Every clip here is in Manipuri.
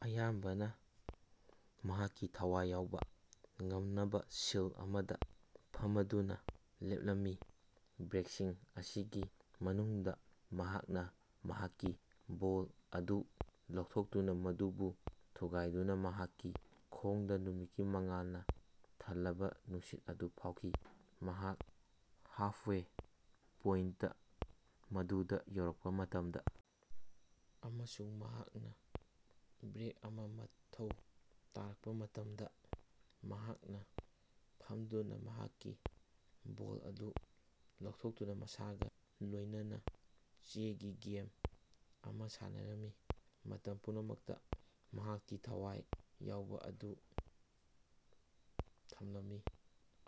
ꯑꯌꯥꯝꯕꯅꯥ ꯃꯍꯥꯛꯀꯤ ꯊꯋꯥꯏ ꯌꯥꯎꯕ ꯉꯝꯅꯕꯥ ꯁꯤꯜ ꯑꯃꯗ ꯐꯃꯗꯨꯅ ꯂꯦꯞꯂꯝꯃꯤ꯫ ꯕ꯭ꯔꯦꯛꯁꯤꯡ ꯑꯁꯤꯒꯤ ꯃꯅꯨꯡꯗꯥ ꯃꯍꯥꯛꯅ ꯃꯍꯥꯛꯀꯤ ꯕꯣꯜ ꯑꯗꯨ ꯂꯧꯊꯣꯛꯇꯨꯅꯥ ꯃꯗꯨꯕꯨ ꯊꯨꯒꯥꯏꯗꯨꯅ ꯃꯍꯥꯛꯀꯤ ꯈꯣꯡꯗ ꯅꯨꯃꯤꯠꯀꯤ ꯃꯉꯥꯜꯅꯥ ꯊꯜꯂꯕꯥ ꯅꯨꯡꯁꯤꯠ ꯑꯗꯨ ꯐꯥꯎꯈꯤ꯫ ꯃꯍꯥꯛ ꯍꯥꯞꯁꯋꯦ ꯄꯣꯏꯟꯇ ꯃꯗꯨꯗ ꯌꯧꯔꯛꯄꯥ ꯃꯇꯝꯗ ꯑꯃꯁꯨꯡ ꯃꯍꯥꯛꯅ ꯕ꯭ꯔꯦꯛ ꯑꯃ ꯃꯊꯧ ꯇꯥꯔꯛꯄ ꯃꯇꯝꯗ ꯃꯍꯥꯛꯅ ꯐꯝꯗꯨꯅ ꯃꯍꯥꯛꯀꯤ ꯕꯣꯜ ꯑꯗꯨ ꯂꯧꯊꯣꯛꯇꯨꯅ ꯃꯁꯥꯒ ꯂꯣꯏꯅꯅꯥ ꯆꯦꯒꯤ ꯒꯦꯝ ꯑꯃꯥ ꯁꯥꯟꯅꯔꯝꯃꯤ, ꯃꯇꯝ ꯄꯨꯝꯅꯃꯛꯇ ꯃꯍꯥꯛꯀꯤ ꯊꯋꯥꯏ ꯌꯥꯎꯕ ꯑꯗꯨ ꯊꯝꯂꯝꯃꯤ꯫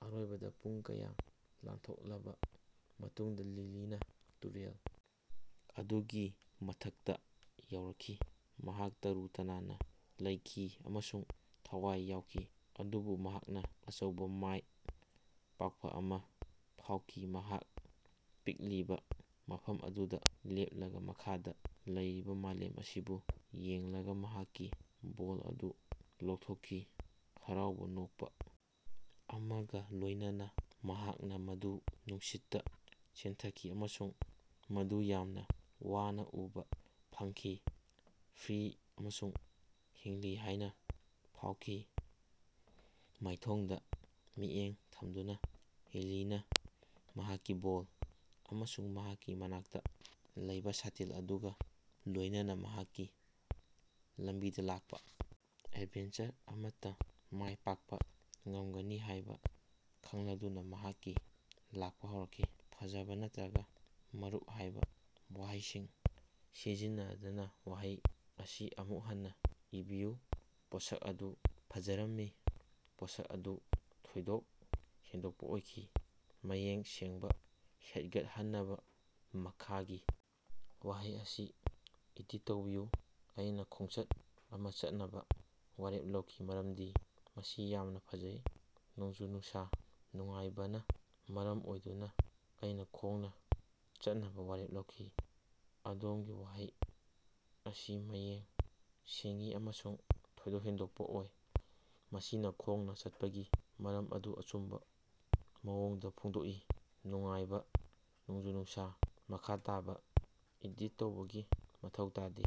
ꯑꯔꯣꯏꯕꯗ ꯄꯨꯡ ꯀꯌꯥ ꯂꯥꯟꯊꯣꯛꯂꯕ ꯃꯇꯨꯡꯗ ꯂꯤꯂꯤꯅ ꯇꯨꯔꯦꯜ ꯑꯗꯨꯒꯤ ꯃꯊꯛꯇ ꯌꯧꯔꯛꯈꯤ꯫ ꯃꯍꯥꯛ ꯇꯔꯨ ꯇꯅꯥꯟꯅ ꯂꯩꯈꯤ ꯑꯃꯁꯨꯡ ꯊꯋꯥꯏ ꯌꯥꯎꯈꯤ, ꯑꯗꯨꯕꯨ ꯃꯍꯥꯛꯅ ꯑꯆꯧꯕ ꯃꯥꯏ ꯄꯥꯛꯄ ꯑꯃ ꯐꯥꯎꯈꯤ꯫ ꯃꯍꯥꯛ ꯄꯤꯛꯂꯤꯕ ꯃꯐꯝ ꯑꯗꯨꯗ ꯂꯦꯞꯂꯒ ꯃꯈꯗ ꯂꯩꯔꯤꯕ ꯃꯂꯦꯝ ꯑꯁꯤꯕꯨ ꯌꯦꯡꯂꯒ ꯃꯍꯥꯛꯀꯤ ꯕꯣꯜ ꯑꯗꯨ ꯂꯧꯊꯣꯛꯈꯤ꯫ ꯍꯔꯥꯎꯕ ꯅꯣꯛꯄꯥ ꯑꯃꯒ ꯂꯣꯏꯅꯅꯥ ꯃꯍꯥꯛꯅ ꯃꯗꯨ ꯅꯨꯡꯁꯤꯠꯇ ꯆꯦꯟꯊꯈꯤ ꯑꯃꯁꯨꯡ ꯃꯗꯨ ꯌꯥꯝꯅ ꯋꯥꯅ ꯎꯕꯥ ꯐꯪꯈꯤ, ꯐ꯭ꯔꯤ ꯑꯃꯁꯨꯡ ꯍꯤꯡꯂꯤ ꯍꯥꯏꯅ ꯐꯥꯎꯈꯤ꯫ ꯃꯥꯏꯊꯣꯡꯗ ꯃꯤꯠꯌꯦꯡ ꯊꯝꯗꯨꯅ ꯂꯤꯂꯤꯅ ꯃꯍꯥꯛꯀꯤ ꯕꯣꯜ ꯑꯃꯁꯨꯡ ꯃꯍꯥꯛꯀꯤ ꯃꯅꯥꯛꯇ ꯂꯩꯕ ꯁꯥꯇꯤꯟ ꯑꯗꯨꯒ ꯂꯣꯏꯅꯅꯥ ꯃꯍꯥꯛꯀꯤ ꯂꯝꯕꯤꯗ ꯂꯥꯛꯄ ꯑꯦꯗꯚꯦꯟꯆꯔ ꯑꯃꯠꯇ ꯃꯥꯏ ꯄꯥꯛꯄ ꯉꯝꯒꯅꯤ ꯍꯥꯏꯕ ꯈꯪꯂꯗꯨꯅ ꯃꯍꯥꯛꯀꯤ ꯂꯥꯛꯄ ꯍꯧꯔꯛꯈꯤ꯫ "ꯐꯖꯕꯥ" ꯅꯠꯔꯒꯥ "ꯃꯔꯨꯞ" ꯍꯥꯏꯕ ꯋꯥꯍꯩꯁꯤꯡ ꯁꯤꯖꯤꯟꯅꯗꯅ ꯋꯥꯍꯩ ꯑꯁꯤ ꯑꯃꯨꯛ ꯍꯟꯅ ꯏꯕꯤꯌꯨ꯫ ꯄꯣꯠꯁꯛ ꯑꯗꯨ ꯐꯖꯔꯝꯃꯤ꯫ ꯄꯣꯠꯁꯛ ꯑꯗꯨ ꯊꯣꯏꯗꯣꯛ ꯍꯦꯟꯗꯣꯛꯄ ꯑꯣꯏꯈꯤ꯫ ꯃꯌꯦꯛ ꯁꯦꯡꯕꯥ ꯍꯦꯒꯠꯍꯟꯅꯕ ꯃꯈꯥꯒꯤ ꯋꯥꯍꯩ ꯑꯁꯤ ꯏꯗꯤꯠ ꯇꯧꯕꯤꯌꯨ: ꯑꯩꯅꯥ ꯈꯣꯡꯆꯠ ꯑꯃ ꯆꯠꯅꯕ ꯋꯥꯔꯦꯞ ꯂꯧꯈꯤ ꯃꯔꯝꯗꯤ ꯃꯁꯤ ꯌꯥꯝꯅ ꯐꯖꯩ꯫ ꯅꯣꯡꯖꯨ-ꯅꯨꯡꯁꯥ ꯅꯨꯡꯉꯥꯏꯕꯅ ꯃꯔꯝ ꯑꯣꯏꯗꯨꯅ ꯑꯩꯅ ꯈꯣꯡꯅ ꯆꯠꯅꯕ ꯋꯥꯔꯦꯞ ꯂꯧꯈꯤ꯫ ꯑꯗꯣꯝꯒꯤ ꯋꯥꯍꯩ ꯑꯁꯤ ꯃꯌꯦꯛ ꯁꯦꯡꯏ ꯑꯃꯁꯨꯡ ꯊꯣꯏꯗꯣꯛ ꯍꯦꯟꯗꯣꯛꯄ ꯑꯣꯏ꯫ ꯃꯁꯤꯅ ꯈꯣꯡꯅ ꯆꯠꯄꯒꯤ ꯃꯔꯝ ꯑꯗꯨ ꯑꯆꯨꯝꯕ ꯃꯑꯣꯡꯗ ꯐꯣꯡꯗꯣꯛꯏ ꯅꯨꯡꯉꯥꯏꯕ ꯅꯣꯡꯖꯨ-ꯅꯨꯡꯁꯥ꯫ ꯃꯈꯥ ꯇꯥꯕ ꯏꯗꯤꯠ ꯇꯧꯕꯒꯤ ꯃꯊꯧ ꯇꯥꯗꯦ꯫